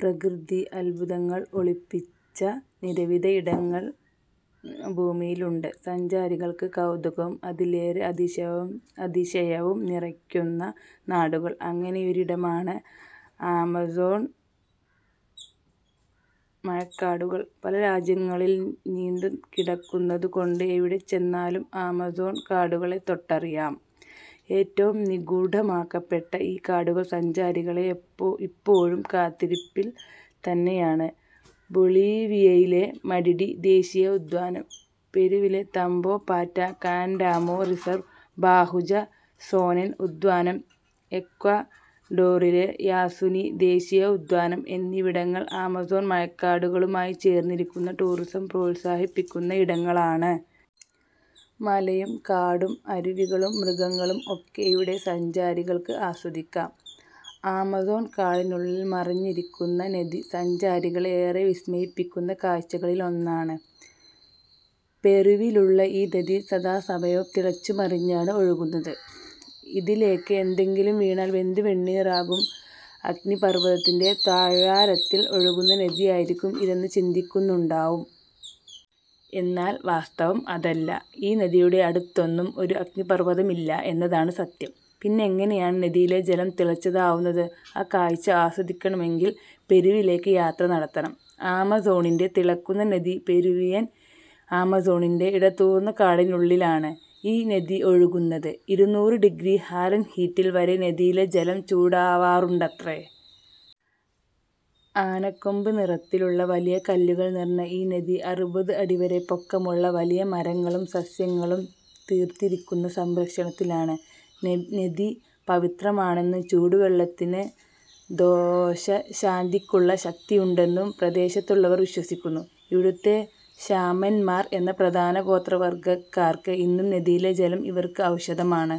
പ്രകൃതി അദ്ഭുതങ്ങൾ ഒളിപ്പിച്ച നിരവധിയിടങ്ങൾ ഭൂമിയിലുണ്ട്. സഞ്ചാരികൾക്ക് കൗതുകവും അതിലേറെ അതിശ്രവു അതിശയവും നിറയ്ക്കുന്ന നാടുകൾ. അങ്ങനെയൊരിടമാണ് ആമസോൺ മഴക്കാടുകൾ. പല രാജ്യങ്ങളിൽ നീണ്ടു കിടക്കുന്നതു കൊണ്ട് എവിടെ ചെന്നാലും ആമസോൺ കാടുകളെ തൊട്ടറിയാം. ഏറ്റവും നിഗൂഢമാക്കപ്പെട്ട ഈ കാടുകൾ സഞ്ചാരികളെ എപ്പോ ഇപ്പോഴും കാത്തിരിപ്പിൽ തന്നെയാണ്. ബൊളീവിയയിലെ മടിടി ദേശീയ ഉദ്ധാനം, പെറുവിലെ Tambopata Candamo reserve, Bahuaja Sonene ഉദ്ധാനം, എക്വഡോറിലെ യാസുനി ദേശീയ ഉദ്യാനം എന്നിവിടങ്ങൾ ആമസോൺ മഴക്കാടുകളുമായി ചേർന്നിരിക്കുന്ന ടൂറിസം പ്രോത്സാഹിപ്പിക്കുന്ന ഇടങ്ങളാണ്. മലയും കാടും, അരുവികളും മൃഗങ്ങളും ഒക്കെ ഇവിടെ സഞ്ചാരികൾക്ക് ആസ്വദിക്കാം. ആമസോൺ കാടിനുള്ളിൽ മറഞ്ഞിരിക്കുന്ന നദി സഞ്ചാരികളെ ഏറെ വിസ്മയിപ്പിക്കുന്ന കാഴ്ചകളിലൊന്നാണ്. പെറുവിലുള്ള ഈ നദി സദാസമയവും തിളച്ചു മറിഞ്ഞാണ് ഒഴുകുന്നത്. ഇതിലേക്ക് എന്തെങ്കിലും വീണാൽ വെന്തു വെണ്ണീറാകും. അഗ്നിപർവതത്തിന്റെ താഴ്വാരത്തിൽ ഒഴുകുന്ന നദി ആയിരിക്കും ഇതെന്ന് ചിന്തിക്കുന്നുണ്ടാവും. എന്നാൽ വാസ്തവം അതല്ല, ഈ നദിയുടെ അടുത്തൊന്നും ഒരു അഗ്നിപർവതമില്ല എന്നതാണ് സത്യം. പിന്നെയെങ്ങനെയാണ് നദിയിലെ ജലം തിളച്ചതാവുന്നത്? ആ കാഴ്ച ആസ്വദിക്കണമെങ്കിൽ പെരുവിലേക്ക് യാത്ര നടത്തണം. ആമസോണിന്റെ തിളക്കുന്ന നെദി പെരുവിയൻ ആമസോണിന്റെ ഇടതൂർന്നകാടിനുള്ളിലാണ് ഈ നെദി ഒഴുകുന്നത്. ഇരുനൂറ് ഡിഗ്രി ഫാരൻഹീറ്റിൽ വരെ നെദിയിലെ ജലം ചൂടാവാറുണ്ടത്രേ. ആനക്കൊമ്പ് നിറത്തിലുള്ള വലിയ കല്ലുകൾ നിറഞ്ഞ ഈ നെദി അറുപത് അടി വരെ പൊക്കമുള്ള വലിയ മരങ്ങളും സസ്യങ്ങളും തീർത്തിരിക്കുന്ന സംരക്ഷണത്തിലാണ്. നെദി പവിത്രമാണെന്നും ചൂടുവെള്ളത്തിന് രോശശാന്തിക്കുള്ള ശക്തിയുണ്ടെന്നും പ്രദേശത്തുള്ളവർ വിശ്വസിക്കുന്നു. ഇവിടുത്തെ ഷാമന്മാർ എന്ന പ്രധാന ഗോത്രവർഗ്ഗക്കാർക്ക് ഇന്നും നെദിയിലെ ജലം ഇവർക്ക് ഔഷധമാണ്.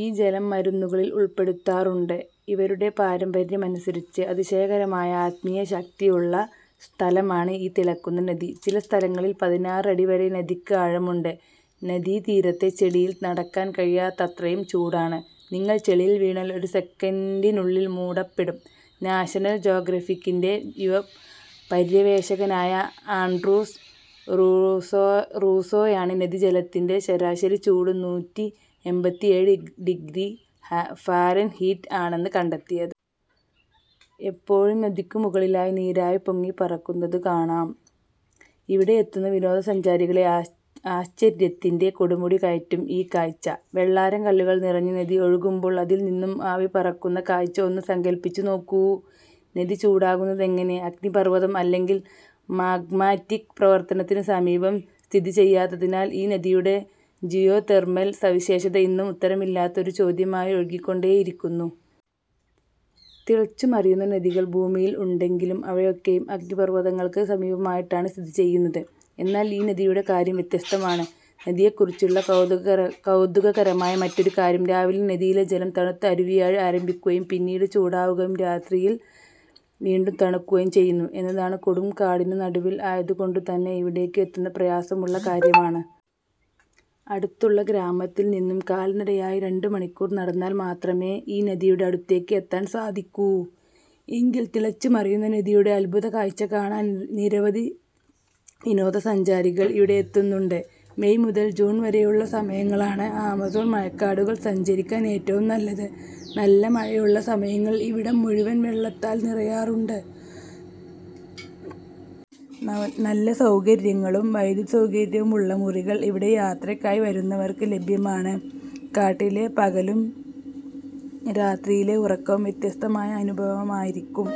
ഈ ജലം മരുന്നുകളിൽ ഉൾപ്പെടുത്താറുണ്ട്. ഇവരുടെ പാരമ്പര്യമനുസരിച്ച്, അതിശയകരമായ ആത്മീയ ശക്തിയുള്ള സ്ഥലമാണ് ഈ തിളക്കുന്ന നെദി. ചില സ്ഥലങ്ങളിൽ പതിനാറ് അടി വരെ നെദിക്ക് ആഴമുണ്ട്. നെദീതീരത്തെ ചെളിയിൽ നടക്കാൻ കഴിയാത്തത്രയും ചൂടാണ്. നിങ്ങൾ ചെളിയിൽ വീണാൽ ഒരു സെക്കൻഡിനുള്ളിൽ മൂടപ്പെടും. നാഷണൽ ജോഗ്രഫിക്കിന്റെ യുവ പര്യവേഷകനായ ആൻഡ്രൂസ് റൂസോ റൂസോയാണ് നെദി ജലത്തിന്റെ ശരാശരി ചൂട് നൂറ്റിഎമ്പത്തിയേഴ് ഡിഗ്രി ഹ ഫാരൻഹീറ്റ് ആണെന്ന് കണ്ടെത്തിയത്. എപ്പോഴും നദിക്കു മുകളിലായി നീരാവി പൊങ്ങി പറക്കുന്നത് കാണാം. ഇവിടെ എത്തുന്ന വിനോദസഞ്ചാരികളെ ആ ആശ്ചര്യത്തിന്റെ കൊടുമുടി കയറ്റും ഈ കാഴ്ച. വെള്ളാരം കല്ലുകൾ നിറഞ്ഞ നെദി ഒഴുകുമ്പോൾ അതിൽ നിന്നും ആവിപറക്കുന്ന കാഴ്ച ഒന്ന് സങ്കൽപ്പിച്ചു നോക്കൂ. നെദി ചൂടാകുന്നതെങ്ങനെ. അഗ്നിപർവ്വതം അല്ലെങ്കിൽ മാഗ്മാറ്റിക് പ്രവർത്തനത്തിന് സമീപം സ്ഥിതിചെയ്യാത്തതിനാൽ ഈ നെദിയുടെ ജിയോതെർമൽ സവിശേഷത ഇന്നും ഉത്തരമില്ലാത്ത ഒരു ചോദ്യമായി ഒഴുകിക്കൊണ്ടേയിരിക്കുന്നു. തിളച്ചുമറിയുന്ന നദികൾ ഭൂമിയിൽ ഉണ്ടെങ്കിലും അവയൊക്കെയും അഗ്നിപർവ്വതങ്ങൾക്ക് സമീപമായിട്ടാണ് സ്ഥിതി ചെയ്യുന്നത്. എന്നാൽ ഈ നദിയുടെ കാര്യം വ്യത്യസ്തമാണ്. നദിയെക്കുറിച്ചുള്ള കൗതുകകര കൗതുകകരമായ മറ്റൊരു കാര്യം, രാവിലെ നദിയിലെ ജലം തണുത്ത അരുവിയായി ആരംഭിക്കുകയും പിന്നീട് ചൂടാവുകയും രാത്രിയിൽ വീണ്ടും തണുക്കുകയും ചെയ്യുന്നു എന്നതാണ്. കൊടും കാടിന് നടുവിൽ ആയതുകൊണ്ടുതന്നെ ഇവിടേക്ക് എത്തുക പ്രയാസമുള്ള കാര്യമാണ്. അടുത്തുള്ള ഗ്രാമത്തിൽ നിന്നും കാൽനടയായി രണ്ടുമണിക്കൂർ നടന്നാൽ മാത്രമേ ഈ നദിയുടെ അടുത്തേക്ക് എത്താൻ സാധിക്കൂ. എങ്കിൽ തിളച്ചുമറിയുന്ന നദിയുടെ അദ്ഭുത കാഴ്ച കാണാൻ നിരവധി വിനോദസഞ്ചാരികൾ ഇവിടെ എത്തുന്നുണ്ട്. മെയ് മുതൽ ജൂൺ വരെയുള്ള സമയങ്ങളാണ് ആമസോൺ മഴക്കാടുകൾ സഞ്ചരിക്കാൻ ഏറ്റവും നല്ലത്. നല്ല മഴയുള്ള സമയങ്ങളിൽ ഇവിടം മുഴുവൻ വെള്ളത്താൽ നിറയാറുണ്ട്. നവ നല്ല സൗകര്യങ്ങളും വൈദ്യുതി സൗകര്യവുമുള്ള മുറികൾ ഇവിടെ യാത്രയ്ക്കായി വരുന്നവർക്ക് ലഭ്യമാണ്. കാട്ടിലെ പകലും രാത്രിയിലെ ഉറക്കവും വ്യത്യസ്തമായ അനുഭവമായിരിക്കും.